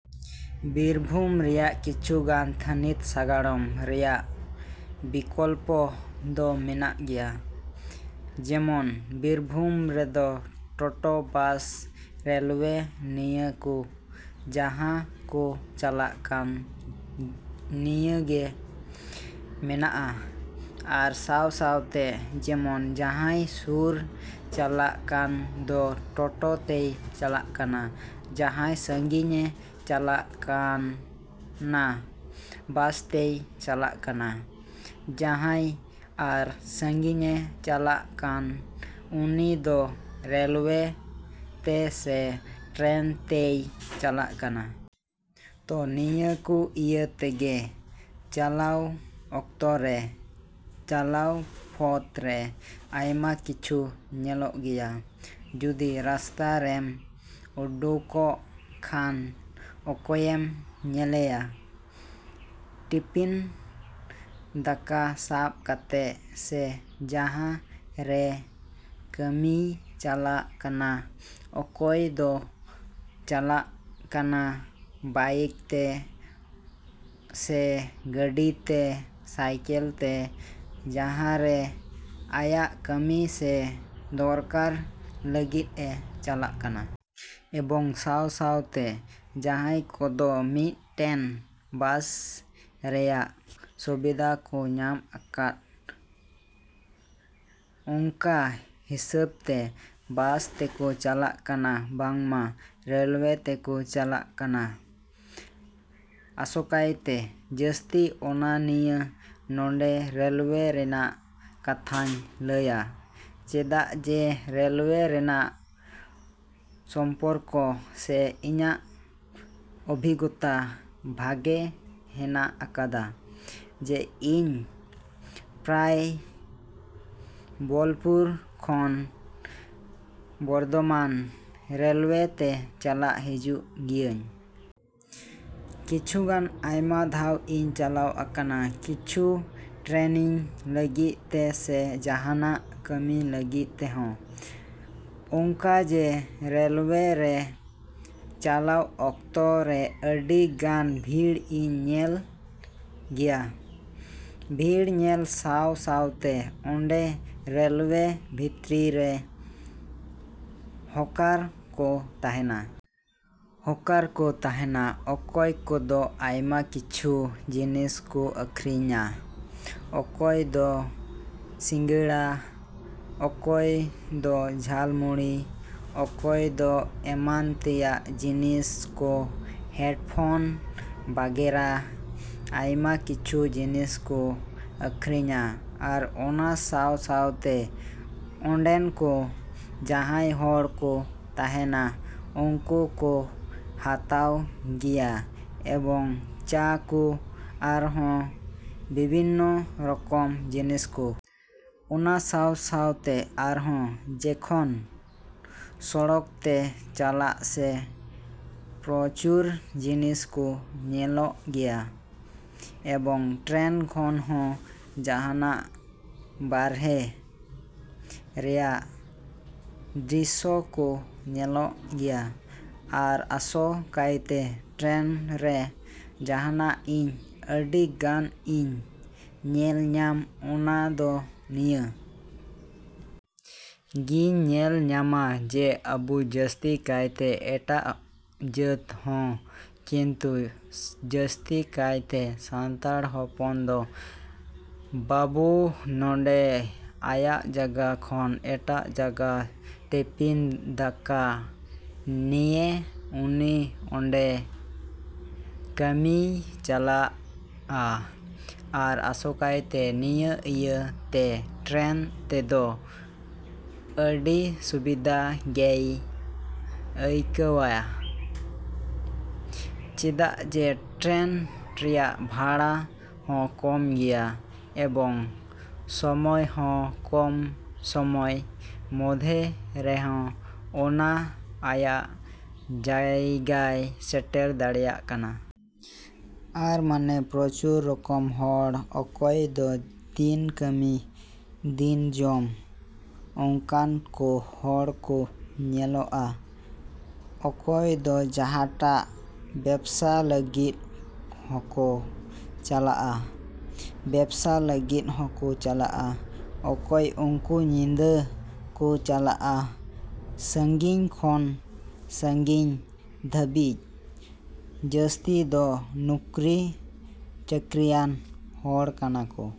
ᱵᱤᱨᱵᱷᱩᱢ ᱨᱮᱭᱟᱜ ᱠᱤᱪᱷᱩ ᱜᱟᱱ ᱛᱷᱟᱱᱤᱛ ᱥᱟᱜᱟᱲᱚᱢ ᱨᱮᱭᱟᱜ ᱵᱤᱠᱚᱞᱯᱚ ᱫᱚ ᱢᱮᱱᱟᱜ ᱜᱮᱭᱟ ᱡᱮᱢᱚᱱ ᱵᱤᱨᱵᱷᱩᱢ ᱨᱮᱫᱚ ᱴᱳᱴᱳ ᱵᱟᱥ ᱨᱮᱞᱳᱣᱮ ᱱᱤᱭᱟᱹ ᱠᱚ ᱡᱟᱦᱟᱸ ᱠᱚ ᱪᱟᱞᱟᱜ ᱠᱟᱱ ᱱᱤᱭᱟᱹᱜᱮ ᱢᱮᱱᱟᱜᱼᱟ᱾ ᱟᱨ ᱥᱟᱶ ᱥᱟᱶᱛᱮ ᱡᱮᱢᱚᱱ ᱡᱟᱦᱟᱸᱭ ᱥᱩᱨᱮ ᱪᱟᱞᱟᱜ ᱠᱟᱱ ᱫᱚ ᱴᱳᱴᱳ ᱛᱮᱭ ᱪᱟᱞᱟᱜ ᱠᱟᱱᱟ ᱡᱟᱦᱟᱸᱭ ᱥᱟᱹᱜᱤᱧᱮ ᱪᱟᱞᱟᱜ ᱠᱟᱱᱟ ᱵᱟᱥ ᱛᱮᱭ ᱪᱟᱞᱟᱜ ᱠᱟᱱᱟ ᱡᱟᱦᱟᱸᱭ ᱟᱨ ᱥᱟᱹᱜᱤᱧᱮ ᱪᱟᱞᱟᱜ ᱠᱟᱱ ᱩᱱᱤ ᱫᱚ ᱨᱮᱞᱳᱭᱮ ᱛᱮ ᱥᱮ ᱴᱨᱮᱱ ᱛᱮᱭ ᱪᱟᱞᱟᱜ ᱠᱟᱱᱟ᱾ ᱛᱚ ᱱᱤᱭᱟᱹ ᱠᱚ ᱤᱭᱟᱹ ᱛᱮᱜᱮ ᱪᱟᱞᱟᱣ ᱚᱠᱛᱚ ᱨᱮ ᱪᱟᱞᱟᱣ ᱯᱚᱫᱽ ᱨᱮ ᱟᱭᱢᱟ ᱠᱤᱪᱷᱩ ᱧᱮᱞᱚᱜ ᱜᱮᱭᱟ᱾ ᱡᱩᱫᱤ ᱨᱟᱥᱛᱟ ᱨᱮᱢ ᱳᱰᱩᱠᱚᱜ ᱠᱷᱟᱱ ᱚᱠᱚᱭᱮᱢ ᱧᱮᱞᱮᱭᱟ ᱴᱤᱯᱷᱤᱱ ᱫᱟᱠᱟ ᱥᱟᱵ ᱠᱟᱛᱮ ᱥᱮ ᱡᱟᱦᱟᱸ ᱨᱮ ᱠᱟᱹᱢᱤᱭ ᱪᱟᱞᱟᱜ ᱠᱟᱱᱟ ᱚᱠᱚᱭ ᱫᱚᱭ ᱪᱟᱞᱟᱜ ᱠᱟᱱᱟ ᱵᱟᱭᱤᱠ ᱛᱮ ᱥᱮ ᱜᱟᱹᱰᱤ ᱛᱮ ᱥᱟᱭᱠᱮᱹᱞ ᱛᱮ ᱡᱟᱦᱟᱸ ᱨᱮ ᱟᱭᱟᱜ ᱠᱟᱹᱢᱤ ᱥᱮ ᱫᱚᱨᱠᱟᱨ ᱞᱟᱹᱜᱤᱫ ᱮ ᱪᱟᱞᱟᱜ ᱠᱟᱱᱟ᱾ ᱮᱵᱚᱝ ᱥᱟᱶ ᱥᱟᱶᱛᱮ ᱡᱟᱦᱟᱸᱭ ᱠᱚᱫᱚ ᱢᱤᱫ ᱴᱮᱱ ᱵᱟᱥ ᱨᱮᱭᱟᱜ ᱥᱩᱵᱤᱫᱷᱟ ᱠᱚ ᱧᱟᱢ ᱟᱠᱟᱫ ᱚᱱᱠᱟ ᱦᱤᱥᱟᱹᱵᱽ ᱛᱮ ᱵᱟᱥ ᱛᱮᱠᱚ ᱪᱟᱞᱟᱜ ᱠᱟᱱᱟ ᱵᱟᱝᱢᱟ ᱨᱮᱞᱳᱣᱮ ᱛᱮᱠᱚ ᱪᱟᱞᱟᱜ ᱠᱟᱱᱟ᱾ ᱟᱥᱚᱠᱟᱭᱛᱮ ᱡᱟᱹᱥᱛᱤ ᱟᱱᱟ ᱱᱤᱭᱮ ᱱᱚᱸᱰᱮ ᱨᱮᱞᱳᱣᱮ ᱨᱮᱱᱟᱜ ᱠᱟᱛᱷᱟᱧ ᱞᱟᱹᱭᱟ ᱪᱮᱫᱟᱜ ᱡᱮ ᱨᱮᱞᱳᱣᱮ ᱨᱮᱱᱟᱜ ᱥᱚᱢᱯᱚᱨᱠᱚ ᱥᱮ ᱤᱧᱟᱜ ᱚᱵᱷᱤᱜᱽᱜᱚᱛᱟ ᱵᱷᱟᱜᱮ ᱦᱮᱱᱟᱜ ᱟᱠᱟᱫᱟ ᱡᱮ ᱤᱧ ᱯᱨᱟᱭ ᱵᱳᱞᱯᱩᱨ ᱠᱷᱚᱱ ᱵᱚᱨᱫᱚᱢᱟᱱ ᱨᱮᱞᱳᱣᱮ ᱛᱮ ᱪᱟᱞᱟᱜ ᱦᱤᱡᱩᱜ ᱜᱮᱭᱟᱹᱧ᱾ ᱠᱤᱪᱷᱩ ᱜᱟᱱ ᱟᱭᱢᱟ ᱫᱷᱟᱣ ᱤᱧ ᱪᱟᱞᱟᱣ ᱟᱠᱟᱱᱟ ᱠᱤᱪᱷᱩ ᱴᱨᱮᱱᱤᱝ ᱞᱟᱹᱜᱤᱫ ᱛᱮ ᱥᱮ ᱡᱟᱦᱟᱱᱟᱜ ᱠᱟᱹᱢᱤ ᱞᱟᱹᱜᱤᱫ ᱛᱮᱦᱚᱸ᱾ ᱚᱱᱠᱟ ᱡᱮ ᱨᱮᱞᱳᱣᱮ ᱨᱮ ᱪᱟᱞᱟᱣ ᱚᱠᱛᱚ ᱨᱮ ᱟᱹᱰᱤ ᱜᱟᱱ ᱵᱷᱤᱲ ᱤᱧ ᱧᱮᱞ ᱜᱮᱭᱟ᱾ ᱵᱷᱤᱲ ᱧᱮᱞ ᱥᱟᱶ ᱥᱟᱶᱛᱮ ᱚᱸᱰᱮ ᱨᱮᱞᱳᱣᱮ ᱵᱷᱤᱛᱨᱤ ᱨᱮ ᱦᱚᱠᱟᱨ ᱠᱚ ᱛᱟᱦᱮᱱᱟ᱾ ᱦᱚᱠᱟᱨ ᱠᱚ ᱛᱟᱦᱮᱱᱟ ᱚᱠᱚᱭ ᱠᱚᱫᱚ ᱟᱭᱢᱟ ᱠᱤᱪᱷᱩ ᱡᱤᱱᱤᱥ ᱠᱚ ᱟᱹᱠᱷᱨᱤᱧᱟ ᱚᱠᱚᱭ ᱫᱚ ᱥᱤᱸᱜᱟᱲᱟ ᱚᱠᱚᱭ ᱫᱚ ᱡᱷᱟᱞ ᱢᱩᱲᱤ ᱚᱠᱚᱭ ᱫᱚ ᱮᱢᱟᱱ ᱛᱮᱭᱟᱜ ᱡᱤᱱᱤᱥ ᱠᱚ ᱦᱮᱰᱯᱷᱳᱱ ᱵᱟᱜᱮᱨᱟ ᱟᱭᱢᱟ ᱠᱤᱪᱷᱩ ᱡᱤᱱᱤᱥ ᱠᱚ ᱟᱹᱠᱷᱨᱤᱧᱟ᱾ ᱟᱨ ᱚᱱᱟ ᱥᱟᱶ ᱥᱟᱶᱛᱮ ᱚᱸᱰᱮᱱ ᱠᱚ ᱡᱟᱦᱟᱸᱭ ᱦᱚᱲ ᱠᱚ ᱛᱟᱦᱮᱱᱟ ᱩᱱᱠᱩ ᱠᱚ ᱦᱟᱛᱟᱣ ᱜᱮᱭᱟ ᱮᱵᱚᱝ ᱪᱟ ᱠᱚ ᱟᱨᱦᱚᱸ ᱵᱤᱵᱷᱤᱱᱱᱚ ᱨᱚᱠᱚᱢ ᱡᱤᱱᱤᱥ ᱠᱚ᱾ ᱚᱱᱟ ᱥᱟᱶ ᱥᱟᱶᱛᱮ ᱟᱨᱦᱚᱸ ᱡᱮᱠᱷᱚᱱ ᱥᱚᱲᱚᱠ ᱛᱮ ᱪᱟᱞᱟᱜ ᱥᱮ ᱯᱨᱚᱪᱩᱨ ᱡᱤᱱᱤᱥ ᱠᱚ ᱧᱮᱞᱚᱜ ᱜᱮᱭᱟ ᱮᱵᱚᱝ ᱴᱨᱮᱱ ᱠᱷᱚᱱ ᱦᱚᱸ ᱡᱟᱦᱟᱸᱴᱟᱜ ᱵᱟᱨᱦᱮ ᱨᱮᱭᱟᱜ ᱫᱨᱤᱥᱥᱚ ᱠᱚ ᱧᱮᱞᱚᱜ ᱜᱮᱭᱟ᱾ ᱟᱨ ᱟᱥᱚ ᱠᱟᱭᱛᱮ ᱴᱨᱮᱱ ᱨᱮ ᱡᱟᱦᱟᱸᱴᱟᱜ ᱤᱧ ᱟᱹᱰᱤ ᱜᱟᱱ ᱤᱧ ᱧᱮᱞ ᱧᱟᱢ ᱚᱱᱟ ᱫᱚ ᱱᱤᱭᱟ. ᱜᱤᱧ ᱧᱮᱞ ᱧᱟᱢᱟ ᱡᱮ ᱟᱵᱚ ᱡᱟᱹᱥᱛᱤ ᱠᱟᱭᱛᱮ ᱮᱴᱟᱜ ᱡᱟᱹᱛ ᱦᱚᱸ ᱠᱤᱱᱛᱩ ᱡᱟᱹᱥᱛᱤ ᱠᱟᱭ ᱛᱮ ᱥᱟᱱᱛᱟᱲ ᱦᱚᱯᱚᱱ ᱫᱚ ᱵᱟᱵᱚ ᱱᱚᱰᱮ ᱟᱭᱟᱜ ᱡᱟᱸᱜᱟ ᱠᱷᱚᱱ ᱮᱴᱟᱜ ᱡᱟᱸᱜᱟ ᱴᱤᱯᱤᱱ ᱫᱟᱠᱟ ᱱᱤᱭᱮ ᱩᱱᱤ ᱚᱰᱮ ᱠᱟᱹᱢᱤᱭ ᱪᱟᱞᱟᱜᱼᱟ᱾ ᱟᱨ ᱟᱥᱚᱠᱟᱭᱛᱮ ᱱᱤᱭᱟᱹ ᱤᱭᱟᱹ ᱛᱮ ᱴᱨᱮᱱ ᱛᱮᱫᱚ ᱟᱹᱰᱤ ᱥᱩᱵᱤᱫᱟ ᱜᱮᱭ ᱟᱹᱭᱠᱟᱹᱣᱮᱭᱟ ᱪᱮᱫᱟᱜ ᱡᱮ ᱴᱨᱮᱱ ᱨᱮᱭᱟᱜ ᱵᱷᱟᱲᱟ ᱦᱚᱸ ᱠᱚᱢ ᱜᱮᱭᱟ ᱮᱵᱚᱝ ᱥᱳᱢᱳᱭ ᱦᱚᱸ ᱠᱚᱢ ᱥᱳᱢᱳᱭ ᱢᱚᱫᱽᱫᱷᱮ ᱨᱮᱦᱚᱸ ᱚᱱᱟ ᱟᱭᱟᱜ ᱡᱟᱭᱜᱟᱭ ᱥᱮᱴᱮᱨ ᱫᱟᱲᱮᱭᱟᱜ ᱠᱟᱱᱟ᱾ ᱟᱨ ᱢᱟᱱᱮ ᱯᱨᱚᱪᱩᱨ ᱨᱚᱠᱚᱢ ᱦᱚᱲ ᱚᱠᱚᱭ ᱫᱚ ᱫᱤᱱ ᱠᱟᱹᱢᱤ ᱫᱤᱱ ᱡᱚᱢ ᱚᱱᱠᱟᱱ ᱠᱚ ᱦᱚᱲ ᱠᱚ ᱧᱮᱞᱚᱜᱼᱟ ᱚᱠᱚᱭ ᱫᱚ ᱡᱟᱦᱟᱴᱟᱜ ᱵᱮᱵᱽᱥᱟ ᱞᱟᱹᱜᱤᱫ ᱦᱚᱸᱠᱚ ᱪᱟᱞᱟᱜᱼᱟ ᱵᱮᱵᱽᱥᱟ ᱞᱟᱹᱜᱤᱫ ᱦᱚᱠᱚ ᱪᱟᱞᱟᱜᱼᱟ ᱚᱠᱚᱭ ᱩᱱᱠᱩ ᱧᱤᱫᱟᱹ ᱠᱚ ᱪᱟᱞᱟᱜ-ᱟ ᱥᱟᱺᱜᱤᱧ ᱠᱷᱚᱱ ᱥᱟᱺᱜᱤᱧ ᱫᱷᱟᱵᱤᱡᱽ ᱡᱟᱥᱛᱤ ᱫᱚ ᱱᱩᱠᱨᱤ ᱪᱟᱠᱨᱤᱭᱟᱱ ᱦᱚᱲ ᱠᱟᱱᱟ ᱠᱚ᱾